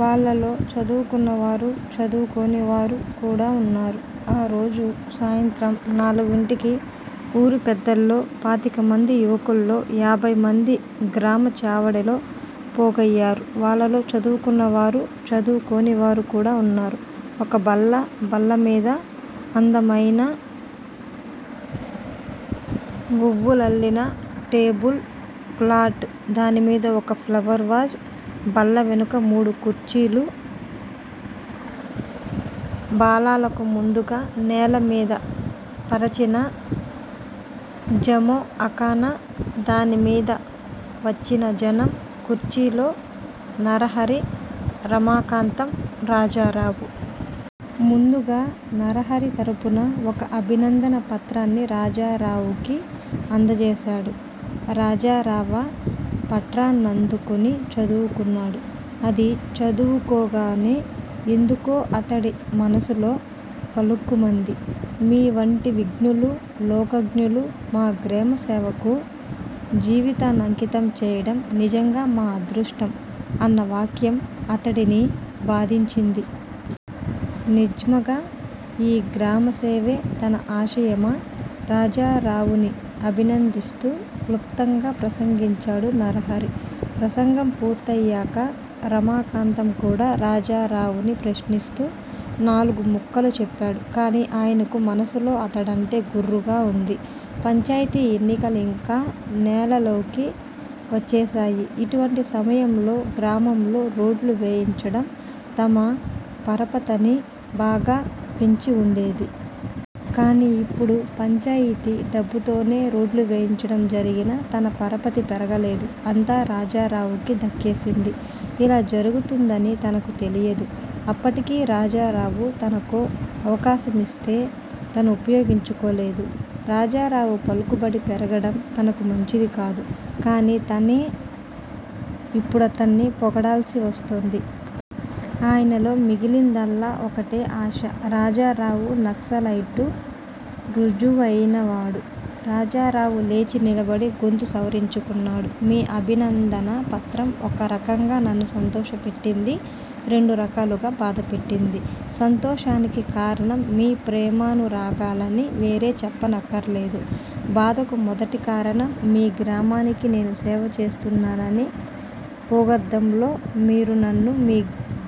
వాళ్ళలో చదువుకున్న వారూ, చదువుకోనివారూ, కూడా ఉన్నారు. ఆ రోజు సాయంత్రం నాలుగింటికి _ ఊరి పెద్దలో పాతికమందీ, యువకుల్లో యాభైమందీ గ్రామా చావడిలో పోగయ్యారు. వాళ్ళలో చదువుకున్న వారూ, చదువుకొనివారూ కూడా ఉన్నారు. ఒక బల్ల, బల్లమీద అందమయిన వూవులల్లిన టేబుల్ క్లాట్, దానిమీద ఒక ప్లవర్ వాజ్, బల్లవెనుక మూడు కుర్చీలు బాలలకు ముందుగా నేలమీద పరచిన జమోఅకానా _ దానిమీద వచ్చిన జనం, కుర్చీల్లో నరహరి, రమాకాంతం, రాజారావు. ముందుగా నరహరి తరుపున ఒక అభినందన పత్రాన్ని రాజారావుకి అందజేశాడు. రాజరావా పట్రాన్నందుకుని చదువుకున్నాడు. అది చదువుకోగానే ఎందుకో అతడి మనసులో కలుక్కుమంది _ మీ వంటి విజ్ఞులు, లోకజ్ఞులు మా గ్రామసేవకు జీవితాన్నంకితం చేయడం నిజంగా మా అదృష్టం _ అన్న వాక్యం అతడిని బాధించింది. నిజ్మగా ఈ గ్రామసేవే తన ఆశయమా? రాజారావుని అభినందిస్తూ క్లుప్తంగా ప్రసంగించాడు నరహరి. ప్రసంగం పూర్తయ్యాక రమాకాంతం కూడా రాజరావుని ప్రశ్నిస్తూ నాలుగు ముక్కలు చెప్పాడు. కానీ ఆయనకు మనసులో అతడంటే గుర్రుగా వుంది. పంచాయితీ ఎన్నికలింక నేలల్లోకి వచ్చేశాయి. ఇటువంటి సమయంలో గ్రామంలో రోడ్డ్లు వేయించడం తమ పరపతని బాగా పెంచి ఉండేది. కానీ యిప్పుడు పంచాయితీ డబ్బుతోనే రోడ్డ్లు వేయించడం జరిగినా _ తన పరపతి పెరగలేదు. అంతా రాజారావుకి దక్కే సింది. ఇలా జరుగుతుందని తనకు తెలియదు. అప్పటికీ రాజారావు తనకో అవకాశమిస్తే తనుపయోగించుకోలేదు. రాజారావు పలుకుబడి పెరగడం తనకు మంచిదికాదు. కానీ తనే ఇప్పుడతడ్ని పొగడాల్సి వస్తోంది. ఆయనలో మిగిలిందల్లా ఒక్కటే ఆశ __ రాజారావు నక్సలైటు రుజువుయినవాడు రాజారావు లేచి నిలబడి గొంతు సవరించుకున్నాడు. మీ అభింధన పత్రం ఒక రకంగా నన్ను సంతోషపెట్టింది. రెండు రకాలుగా బాధపెట్టింది. సంతోషానికి కారణం మీ ప్రేమానురాగాలని వేరే చెప్పనక్కర్లేదు బాధకు మొదటి కారణం __ మీ గ్రామానికి నేను సేవ చేస్తున్నానని పోగాద్దంలో మీరు నన్ను మీ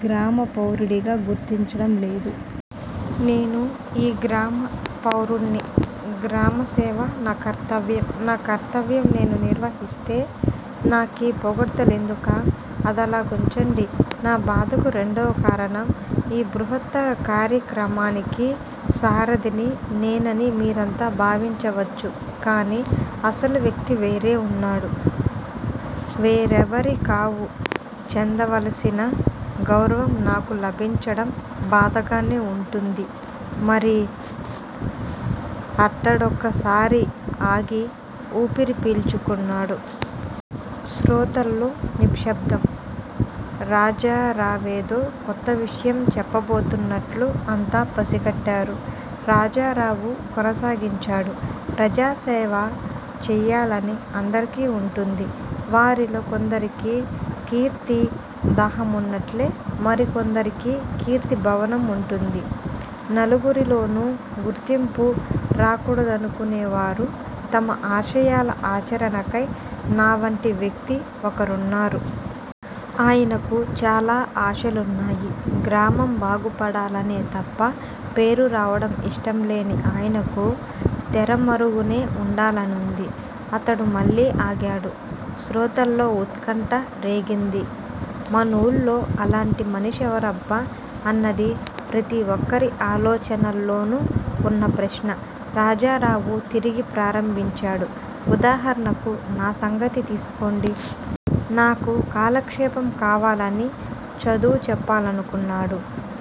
గ్రామ పౌరుడిగా గుర్తించడం లేదు. నేనూ ఈ గ్రామ పౌరుడ్ని. గ్రామ సేవ నా కర్తవ్యం. నా కర్తవ్యం నేను నిర్వహిస్తే నాకీ పొగడ్తలెందుక? అదలా గుంచండి. నా బాధకు రెండోకారణం _ ఈ బృహత్తర కార్యక్రమానికి సారధిని నేనని మీరంతా భావించవచ్చు కానీ, అసలు వ్యక్తి వేరే ఉన్నాడు. వేరేవరికావు చెందవలసిన గౌరవం నాకు లభించడం బాధగానే ఉంటుంది మరి అటడోకసారి ఆగి ఊపిరి పీల్చుకున్నాడు. శ్రోతల్లో నిశ్శబ్దం. రాజరావేదో కొత్త విషయం చెప్పబోతున్నట్లు అంతా పసిగట్టారు. రాజారావు కొనసాగించాడు. __ ప్రజాసేవ చేయాలని అందరికీ ఉంటుంది. వారిలో కొందరికి కీర్తి దాహమున్నట్ట్లే, మరి కొందరికి కీర్తిభవనం ఉంటుంది. నలుగురిలోనూ గుర్తింపు రాకూడదనుకునేవారు __ తమ ఆశయాల ఆచరణకై నావంటి వ్యక్తి ఒకరున్నారు. ఆయనకూ చాలా ఆశాలున్నాయి. గ్రామం బాగుపడాలనే తప్ప, పేరురావడం ఇష్టంలేని ఆయనకు తెరమరుగునే వుండాలనుంది __ అతడు మళ్ళీ ఆగాడు. శ్రోతల్లో ఉత్కంఠ రేగింది. మనూళ్ళో అలాంటి మనిషివరబ్బా అన్నది ప్రతి ఒక్కరి ఆలోచనల్లోనూ ఉన్న ప్రశ్న. రాజరావు తిరిగి ప్రారంభించాడు _ ఉదాహరణకు నా సంగతి తీసుకొండి. నాకు కాలక్షేపం కావాలని చదువుచెప్పాలనుకున్నాడు.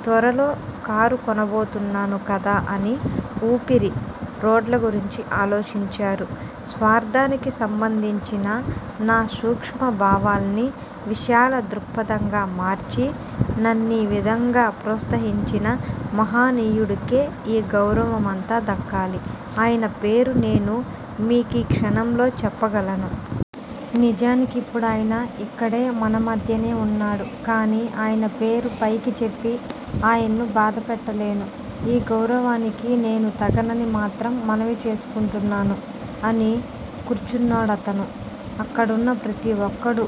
త్వరలో కారు కొనబోతున్నాను గదా అని ఊపిరి రోడ్లగురించి ఆలోచించారు. స్వార్ధానికి సంబంధించిన నా సూక్ష్మభావాల్ని __ విశాల దృక్పథంగా మార్చి __ నన్నీవిధంగా ప్రోత్సహించిన మహనీయుడికే ఈ గౌరవమంతా దక్కాలి. అయన పేరు నేను మీకీ క్షణంలో చెప్పగలను. నిజాని కిప్పుడాయన యిక్కడే, మన మధ్యనే ఉన్నాడు. కానీ అయన పేరు పైకి చెప్పి, ఆయన్ను బాధపెట్టలేను. ఈ గౌరవానికి నేను తగనని మాత్రం మనవి చేసుకుంటున్నాను __ అని కూర్చోన్నాడతను. అక్కడున్న ప్రతి ఒక్కడూ